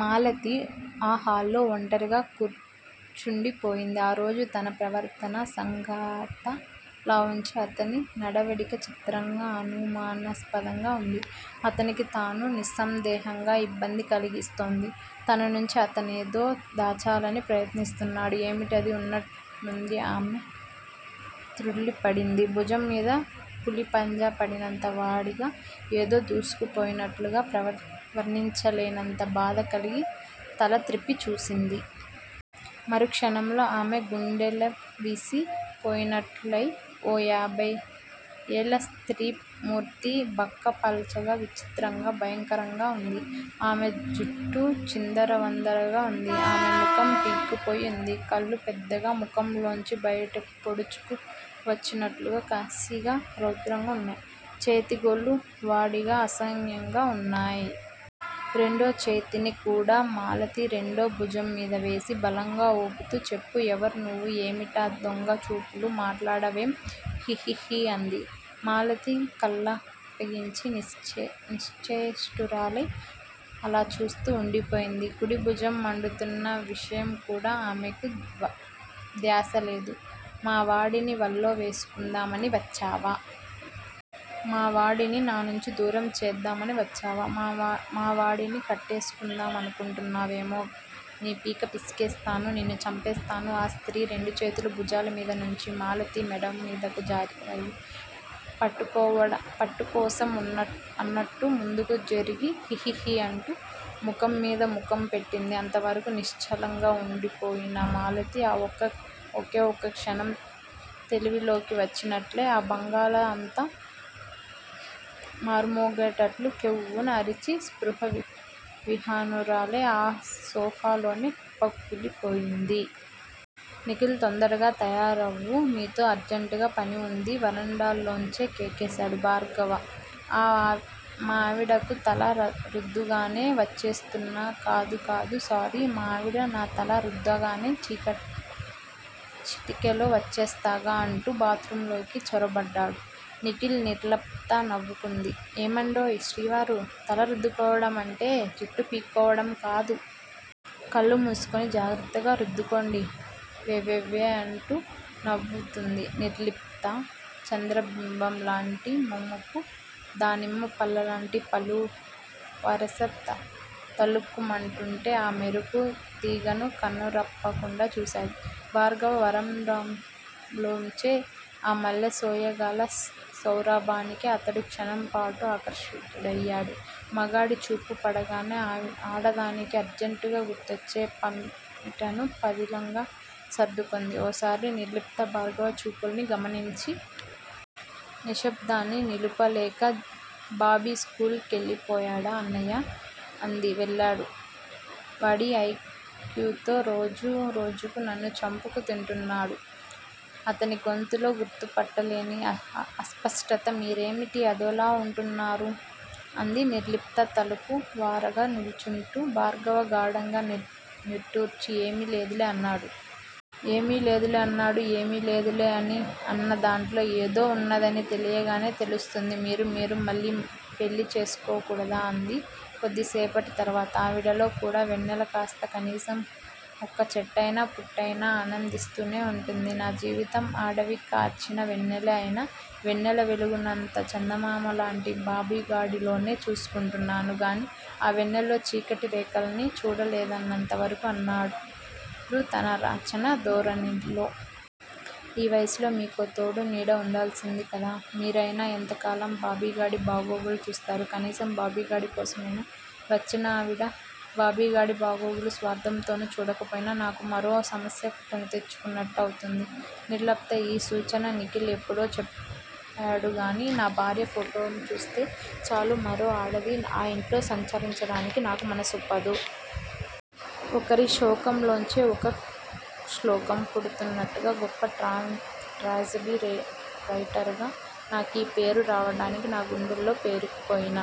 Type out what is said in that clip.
మాలతి ఆ హాల్లో ఒంటరిగా కూర్చుండిపోయింది. ఆరోజు తన ప్రవర్తన సంగతలావుంచి అతని నడవడిక చిత్రంగా, అనుమానాస్పదంగా వుంది. అతనికి తాను నిస్సందేహంగా ఇబ్బంది కలిగిస్తోంది. తననుంచి అతనేదో దాచాలని ప్రయత్నిస్తున్నాడు. ఏమిటది? ఉన్నట్లుంది ఆమె త్రుళ్ళిపడింది. భుజంమీద పులిపంజా పడినంత వాడిగా ఏదో దూసుకుపోయినట్లయి, వర్ణించలేనంత బాధ కలిగి తల త్రిప్పి చూసింది. మరు క్షణంలో ఆమె గుండెలవిసి పోయినట్లయాయి. ఓ ఏభై ఏళ్ళ స్త్రీ మూర్తి, బక్క పలచగా, విచిత్రంగా, భయంకరంగా వుంది. ఆమె జుట్టు చిందరవందరగా వుంది. ఆమెముఖం పీక్కుపోయి వుంది. కళ్ళు పెద్దగా ముఖంలోంచి బయటకు పొడుచుకు వచ్చినట్లు కసిగా, రౌద్రంగా వున్నాయి. చేతిగ్రోళ్ళు వాడిగా, అసహ్యంగా వున్నాయి. రెండోచేతిని కూడా మాలతి రెండో భుజంమీద వేసి బలంగా ఊపుతూ చెప్పు? ఎవరు నువ్వు? ఏమిటా దొంగ చూపులు? మాట్లాడవేం? హిహిహి అంది. మాలతి కళ్ళప్పగించి నిశ్చేష్టురాలై అలా చూస్తూ వుండిపోయింది. కుడి భుజం మండుతున్న విషయంకూడా ఆమెకు ధ్యాసలేదు. మావాడిని వల్లో వేసుకుందామని వచ్చావా? మావాడిని నానుంచి దూరం చేద్దామని వచ్చావా? మావాడిని కట్టేసుకుందామనుకుంటున్నావేమో? నీ పీక పిసికేస్తాను, నిన్ను చంపేస్తాను. ఆ స్త్రీ రెండుచేతులూ భుజాలమీద నుంచి మాలతి మెడమీదకు జరిగాయి. పట్టుకోసం అన్నట్టు ముందుకు జరిగి హీహీహీ అంటూ ముఖంమీద ముఖం పెట్టింది. అంతవరకూ నిశ్చలంగా వుండిపోయిన మాలతి ఒకే ఒక్క క్షణం తెలివిలోకి వచ్చినట్లుయి ఆ బంగళా అంతా మార్మోగేటట్లు కెవ్వున అరచి, స్మృతి విహీనురాలై ఆ సోఫాలోనే కుప్పకూలిపోయింది. నిఖిల్ తొందరగా తయారవ్వు. నీతో అర్జంటుగా పని వుంది వరండాలోంచే కేకేశాడు భార్గవ. మా ఆవిడకు తల రుద్దగానే వచ్చేస్తున్నా కాదు కాదు సారీ! మా ఆవిడ నా తల రుద్దగానే చిటికెలో వచ్చేస్తాగా అంటూ బాత్రూంలోకి చొరబడ్డాడు నిఖిల్. నిర్లిప్త నవ్వుకుంది. ఏమండోయ్ శ్రీవారూ తల రుద్దుకోవటం అంటే, జుట్టు పీక్కోవటం కాదు. కళ్ళు మూసుకుని జాగ్రత్తగా రుద్దుకోండి వ్వెవ్వెవ్వే అంటూ నవ్వుతూంది నిర్లిప్త. చంద్రబింబం లాంటి మోముకు దానిమ్మ పళ్ళలాంటి పలువరస తళుక్కుమంటూంటే ఆ మెరుపు తీగను కన్నార్పకుండా చూశాడు భార్గవ వరండాలోంచే. ఆ మల్లె సోయగాల, సౌరభానికే అతడు 'క్షణం పాటు' ఆకర్షితుడయ డు. మగాడి చూపు పడగానే ఆడదానికి అర్జంటుగా గుర్తొచ్చే పమిటను పదిలంగా సర్దుకుంది ఓసారి నిర్లిప్త భార్గవ చూపుల్ని గమనించి. నిశ్శబ్దాన్ని నిలుపలేక బాబీ స్కూల్ కెళ్ళిపోయాడా అన్నయ్యా? అంది. వెళ్ళాడు. వాడి ఐక్యూతో రోజు రోజుకూ నన్ను చంపుకు తింటున్నాడు అతని గొంతులో గుర్తుపట్టలేని అస్పష్టత. మీరేమిటీ అదోలా వుంటున్నారు? అంది నిర్లిప్త తలుపు వారగా నిల్చుంటూ. భార్గవ గాఢంగా నిట్టూర్చి ఏమీ లేదులే అన్నాడు. ఏమీ లేదులే అన్నాడు. ఏమీ లేదులే అన్న దాంట్లోనే ఏదో వున్నదని తెలియకనే తెలుస్తుంది. మీరు_మీరు మళ్ళీ పెళ్ళి చేసుకోకూడదా? అంది కొద్దిసేపటి తర్వాత. అడవిలో కూడా వెన్నెల కాస్తే కనీసం ఒక్క చెట్టయినా, పుట్టయినా ఆనందిస్తూనే వుంటుంది. నా జీవితం అడవికాచిన వెన్నెలే అయినా, వెన్నెల వెలుగునంతా చందమామలాంటి బాబిగాడిలోనే చూసుకుంటున్నాను గాని, ఆ వెన్నెల్లో చీకటిరేఖల్ని చూడలేదింతవరకూ అన్నాడు తన రచనా ధోరణిలో. ఈ వయసులో మీకో తోడూ నీడా వుండాల్సింది కదా, మీరయినా ఎంతకాలం బాబిగాడి బాగోగులు చూస్తారు. కనీసం బాబిగాడి కోసమైనా వచ్చినావిడ బాబిగాడి బాగోగులు స్వార్ధంతో చూడకపోతే నాకు మరో సమస్య కొనితెచ్చుకున్నట్టవుతుంది నిర్లిప్తా! ఈ సూచన నిఖిల్ ఎప్పుడో చెప్పాడుగాని, నా భార్య ఫోటోను చూస్తే చాలు మరో ఆడది ఆ ఇంట్లో సంచరించడానికి నాకు మనసొప్పదు. ఒకరి శోకంలోంచే ఒక శ్లోకం పుడుతుందన్నట్లు గొప్ప ట్రాజెడీ రైటరుగా నాకీ పేరు రావటానికి నా గుండెల్లో పేరుకుపోయిన